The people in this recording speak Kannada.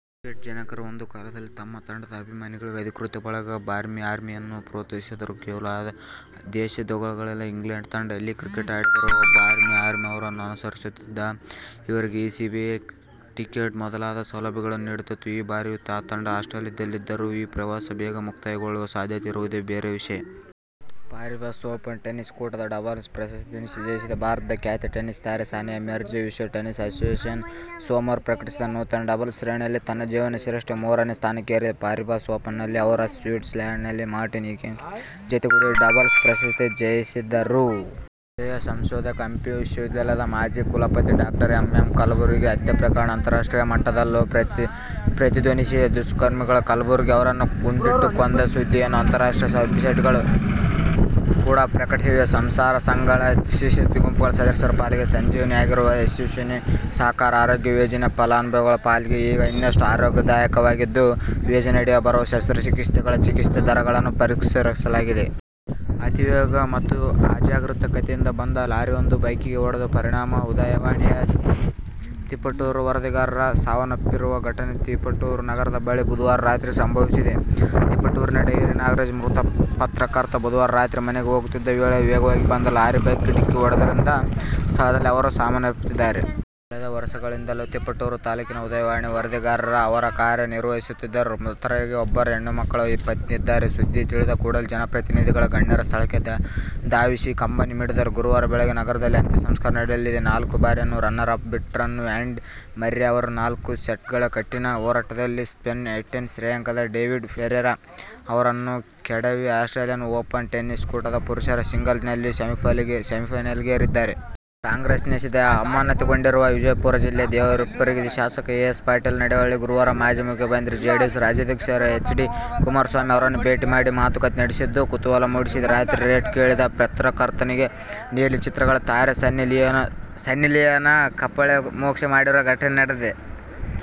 ಕ್ರಿಕೆಟ್ ಜನಕರು ಒಂದು ಕಾಲದಲ್ಲಿ ತಮ್ಮ ತಂಡದ ಅಭಿಮಾನಿಗಳ ಅಧಿಕೃತ ಬಳಗ "ಬಾರ್ಮಿ ಆರ್ಮಿ'ಯನ್ನು ಪೊತ್ಸಾಹಿಸಿದ್ದರು. ಕೇವಲ ದೇಶದೊಳಗಲ್ಲ, ಇಂಗ್ಲೆಂಡ್ ತಂಡ ಎಲ್ಲೇ ಕ್ರಿಕೆಟ್ ಆಡಿದರೂ ಬಾರ್ಮಿ ಆರ್ಮಿ ಅವರನ್ನು ಅನುಸರಿಸುತ್ತಿತ್ತು. ಇವರಿಗೆ ಇಸಿಬಿಯೇ ಟಿಕೆಟ್ ಮೊದಲಾದ ಸೌಲಭ್ಯಗಳನ್ನುನೀಡುತ್ತಿತ್ತು. ಈ ಬಾರಿಯೂ ಈ ತಂಡ ಆಸ್ಟ್ರೇಲಿಯದಲ್ಲಿದ್ದು, ಇವರ ಪ್ರವಾಸ ಬೇಗ ಮುಕ್ತಾಯಗೊಳ್ಳುವ ಸಾಧ್ಯತೆ ಇರುವುದು ಬೇರೆ ವಿಷಯ! ಪಾರಿಬಸ್ ಓಪನ್ ಟೆನಿಸ್ ಕೂಟದ ಡಬಲ್ಸ್ ಪ್ರಶಸ್ತಿ ಜಯಿಸಿದ ಭಾರತದ ಖ್ಯಾತ ಟೆನಿಸ್ ತಾರೆ ಸಾನಿಯಾ ಮಿರ್ಜಾ ವಿಶ್ವ ಟೆನಿಸ್ ಅಸೋಸಿಯೇಶನ್ ಸೋಮವಾರ ಪ್ರಕಟಿಸಿದ ನೂತನ ಡಬಲ್ಸ್ ಶ್ರೇಣಿಯಲ್ಲಿ ತನ್ನ ಜೀವನಶ್ರೇಷ್ಠ ಮೂರನೇ ಸ್ಥಾನಕ್ಕೆ ಏರಿದ್ದಾರೆ. ಪಾರಿಬಸ್ ಓಪನ್ನಲ್ಲಿ ಅವರು ಸ್ವಿಟ್ಸರ್ಲ್ಯಾಂಡಿನ ಮಾರ್ಟಿನಾ ಹಿಂಗಿಸ್ ಜತೆಗೂಡಿ ಡಬಲ್ಸ್ ಪ್ರಶಸ್ತಿ ಜಯಿಸಿದ್ದರು. ಹಿರಿಯ ಸಂಶೋಧಕ, ಹಂಪಿ ವಿಶ್ವವಿದ್ಯಾಲಯದ ಮಾಜಿ ಕುಲಪತಿ ಡಾ ಎಂ. ಎಂ. ಕಲುಬರ್ಗಿ ಹತ್ಯೆ ಪ್ರಕರಣ ಅಂತಾರಾಷ್ಟ್ರೀಯ ಮಟ್ಟದಲ್ಲೂ ಪ್ರತಿಧ್ವನಿಸಿದೆ. ದುಷ್ಕರ್ಮಿಗಳು ಕಲಬುರ್ಗಿ ಅವರನ್ನು ಗುಂಡಿಟ್ಟು ಕೊಂದ ಸುದ್ದಿಯನ್ನು ಅಂತಾರಾಷ್ಟ್ರೀಯ ವೆಬ್ಸೈಟ್ಗಳು ಕೂಡ ಪ್ರಕಟಿಸಿವೆ. ಸಹಕಾರ ಸಂಘಗಳು, ಸ್ತ್ರೀಶಕ್ತಿ ಗುಂಪುಗಳ ಸದಸ್ಯರ ಪಾಲಿಗೆ 'ಸಂಜೀವಿನಿ'ಯಾಗಿರುವ ಯಶಸ್ವಿನಿ ಸಹಕಾರ ಆರೋಗ್ಯ ಯೋಜನೆ ಫಲಾನುಭವಿಗಳ ಪಾಲಿಗೆ ಈಗ ಇನ್ನಷ್ಟು "ಅರೋಗ್ಯದಾಯಕ'ವಾಗಿದ್ದು, ಯೋಜನೆಯಡಿ ಬರುವ ಶಸ್ತ್ರಚಿಕಿತ್ಸೆಗಳ ಚಿಕಿತ್ಸಾ ದರಗಳನ್ನು ಪರಿಷ್ಕರಿಸಲಾಗಿದೆ. ಅತಿವೇಗ ಮತ್ತು ಅಜಾಗರೂಕತೆಯಿಂದ ಬಂದ ಲಾರಿಯೊಂದು ಬೈಕ್ಗೆ ಹೊಡೆದ ಪರಿಣಾಮ "ಉದಯವಾಣಿ'ಯ ತಿಪಟೂರು ವರದಿಗಾರ ಸಾವನ್ನಪ್ಪಿರುವ ಘಟನೆ ತಿಪಟೂರು ನಗರದ ಬಳಿ ಬುಧವಾರ ರಾತ್ರಿ ಸಂಭವಿಸಿದೆ. ತಿಪಟೂರಿನ ಡೈರಿ ನಾಗರಾಜ್ ಮೃತ ಪತ್ರಕರ್ತ. ಬುಧವಾರ ರಾತ್ರಿ ಮನೆಗೆ ಹೋಗುತ್ತಿದ್ದ ವೇಳೆ ವೇಗವಾಗಿ ಬಂದ ಲಾರಿ ಬೈಕ್ಗೆ ಡಿಕ್ಕಿ ಹೊಡೆದಿದ್ದರಿಂದ ಸ್ಥಳದಲ್ಲೇ ಅವರು ಸಾವನ್ನಪ್ಪಿದ್ದಾರೆ. ಕಳೆದ ವರ್ಷಗಳಿಂದಲೂ ತಿಪಟೂರು ತಾಲೂಕಿನ "ಉದಯವಾಣಿ' ವರದಿಗಾರರಾಗಿ ಅವರು ಕಾರ್ಯ ನಿರ್ವಹಿಸುತ್ತಿದ್ದರು. ಮೃತರಿಗೆ ಇಬ್ಬರು ಹೆಣ್ಣು ಮಕ್ಕಳು, ಪತ್ನಿ ಇದ್ದಾರೆ. ಸುದ್ದಿ ತಿಳಿದ ಕೂಡಲೇ ಜನಪ್ರತಿನಿಧಿಗಳು, ಗಣ್ಯರು ಸ್ಥಳಕ್ಕೆ ಧಾವಿಸಿ ಕಂಬನಿ ಮಿಡಿದರು. ಗುರುವಾರ ಬೆಳಗ್ಗೆ ನಗರದಲ್ಲಿ ಅಂತ್ಯ ಸಂಸ್ಕಾರ ನಡೆಯಲಿದೆ. ನಾಲ್ಕು ಬಾರಿಯ ರನ್ನರ್ ಅಪ್ ಬ್ರಿಟನ್ನ ಆ್ಯಂಡಿ ಮರ್ರೆ ಅವರು ನಾಲ್ಕು ಸೆಟ್ಗಳ ಕಠಿನ ಹೋರಾಟದಲ್ಲಿ ಸ್ಪೇನ್ನ ಎಂಟನೇ ಶ್ರೇಯಾಂಕದ ಡೇವಿಡ್ ಫೆರರ್ ಅವರನ್ನು ಕೆಡಹಿ ಆಸ್ಟ್ರೇಲಿಯನ್ ಓಪನ್ ಟೆನಿಸ್ ಕೂಟದ ಪುರುಷರ ಸಿಂಗಲ್ಸ್ನಲ್ಲಿ ಸೆಮಿಫೈನಲಿಗೇರಿದ್ದಾರೆ. ಕಾಂಗ್ರೆಸ್ನಿಂದ ಅಮಾನತುಗೊಂಡಿರುವ ವಿಜಯಪುರ ಜಿಲ್ಲೆ ದೇವರಹಿಪ್ಪರಗಿ ಶಾಸಕ ಎ. ಎಸ್. ಪಾಟೀಲ್ ನಡಹಳ್ಳಿ ಗುರುವಾರ ಮಾಜಿ ಮುಖ್ಯಮಂತ್ರಿ ಜೆಡಿಎಸ್ ರಾಜ್ಯಾಧ್ಯಕ್ಷ ಎಚ್. ಡಿ. ಕುಮಾರಸ್ವಾಮಿ ಅವರನ್ನು ಭೇಟಿ ಮಾಡಿ ಮಾತುಕತೆ ನಡೆಸಿದ್ದು ಕುತೂಹಲ ಮೂಡಿಸಿದೆ. "ರಾತ್ರಿ ರೇಟ್' ಕೇಳಿದ ಪತ್ರಕರ್ತನಿಗೆ ನೀಲಿಚಿತ್ರಗಳ ತಾರೆ ಸನ್ನಿ ಲಿಯೋನ್ ಕಪಾಳಮೋಕ್ಷ ಮಾಡಿರುವ ಘಟನೆ ನಡೆದಿದೆ.